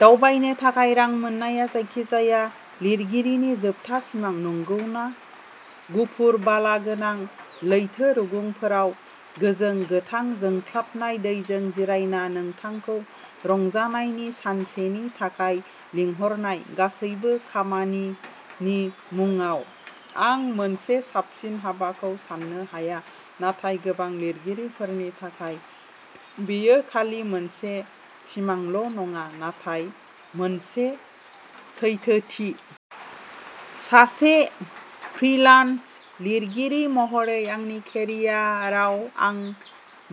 दावबायनो थाखाय रां मोननाया जायखिजाया लिरगिरिनि जोबथा सिमां, नंगौना? गुफुर, बालागोनां लैथो रुगुंफोराव गोजों गोथां जोंख्लाबनाय दैजों जिरायना नोंथांखौ रंजानायनि सानसेनि थाखाय लिंहरनाय, गासैबो "खामानि" नि मुंआव। आं मोनसे साबसिन हाबाखौ सान्नो हाया, नाथाय गोबां लिरगिरिफोरनि थाखाय, बेयो खालि मोनसे सिमांल'नङा, नाथाय मोनसे सैथोथि। सासे फ्रिलान्स लिरगिरि महरै आंनि केरियाराव आं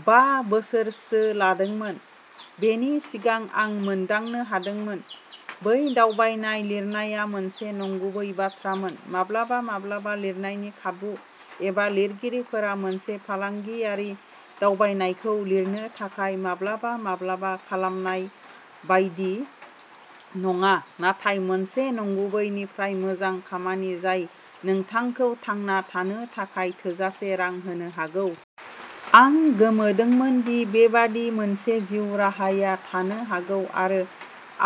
बा बोसोरसो लादोंमोन, बेनि सिगां आं मोनदांनो हादोंमोन। बै दावबायनाय लिरनाया मोनसे नंगुबै बाथ्रामोन। माब्लाबा-माब्लाबा लिरनायनि खाबु एबा लिरगिरिफोरा मोनसे फालांगियारि दावबायनायखौ लिरनो थाखाय माब्लाबा-माब्लाबा खालामनाय बायदि नङा, नाथाय मोनसे नंगुबै-निफ्राय-मोजां खामानि जाय नोंथांखौ थांना थानो थाखाय थोजासे रां होनो हागौ। आं गोमोदोंमोन दि बेबादि मोनसे जिउ राहाया थानो हागौ आरो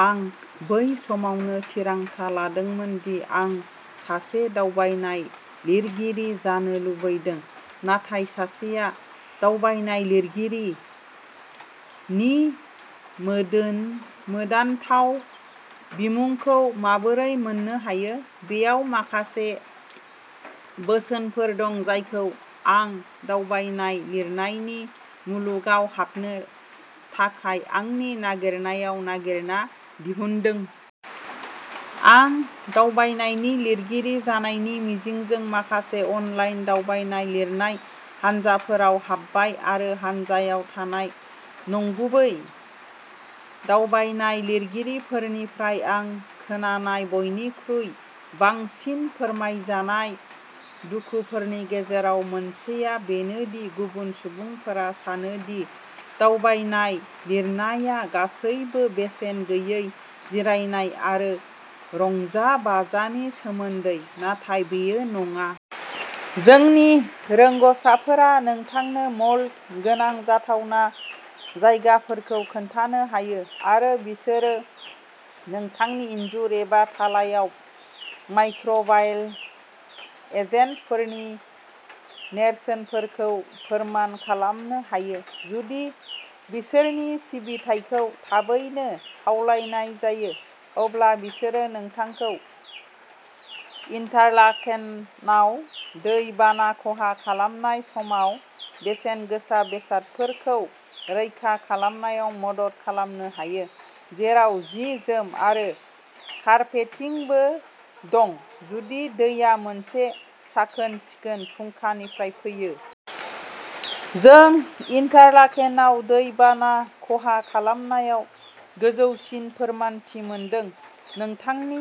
आं बै समावनो थिरांथा लादोंमोन दि आं सासे दावबायनाय लिरगिरि जानो लुबैदों। नाथाय सासेया "दावबायनाय लिरगिरि" नि मोदानथाव बिमुंखौ माबोरै मोन्नो हायो? बेयाव माखासे बोसोनफोर दं जायखौ आं दावबायनाय लिरनायनि मुलुगाव हाबनो थाखाय आंनि नागिरनायाव नागिरना दिहुनदों। आं दावबायनायनि लिरगिरि जानायनि मिजिंजों माखासे अनलाइन दावबायनाय लिरनाय हानजाफोराव हाबबाय आरो हानजायाव थानाय "नंगुबै" दावबायनाय लिरगिरिफोरनिफ्राय आं खोनानाय बयनिख्रुइ बांसिन फोरमायजानाय दुखुफोरनि गेजेराव मोनसेआ बेनो दि गुबुन सुबुंफोरा सानो दि दावबायनाय लिरनाया गासैबो बेसेन गैयै जिरायनाय आरो रंजाबाजानि सोमोन्दै; नाथाय बेयो नङा। जोंनि रोंग'साफोरा नोंथांनो मोल्ड गोनां जाथावना जायगाफोरखौ खोन्थानो हायो, आरो बिसोरो नोंथांनि इनजुर एबा थालायाव माइक्र'बायेल एजेन्टफोरनि नेरसोनफोरखौ फोरमान खालामनो हायो। जुदि बिसोरनि सिबिथायखौ थाबैनो खावलायनाय जायो, अब्ला बिसोरो नोंथांखौ इन्टारलाकेनआव दै बाना खहा फाहामनाय समाव बेसेनगोसा बेसादफोरखौ रैखा खालामनायाव मदद खालामनो हायो, जेराव जि-जोम आरो कारपेटिंबो दं, जुदि दैया मोनसे साखोन-सिखोन फुंखानिफ्राय फैयो। जों इन्टारलाकेनआव दै बाना खहा फाहामनायाव गोजौसिन फोरमानथि मोनदों। नोंथांनि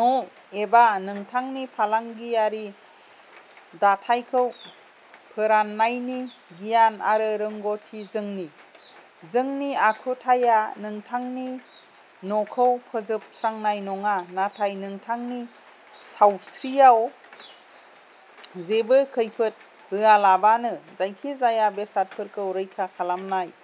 न'एबा नोंथांनि फालांगियारि दाथायखौ फोराननायनि गियान आरो रोंग'थि जोंनि। जोंनि आखुथाया नोंथांनि न'खौ फोजोबस्रांनाय नङा, नाथाय नोंथांनि सावस्रियाव जेबो खैफोद होआलाबानो जायखिजाया बेसादफोरखौ रैखा खालामनाय।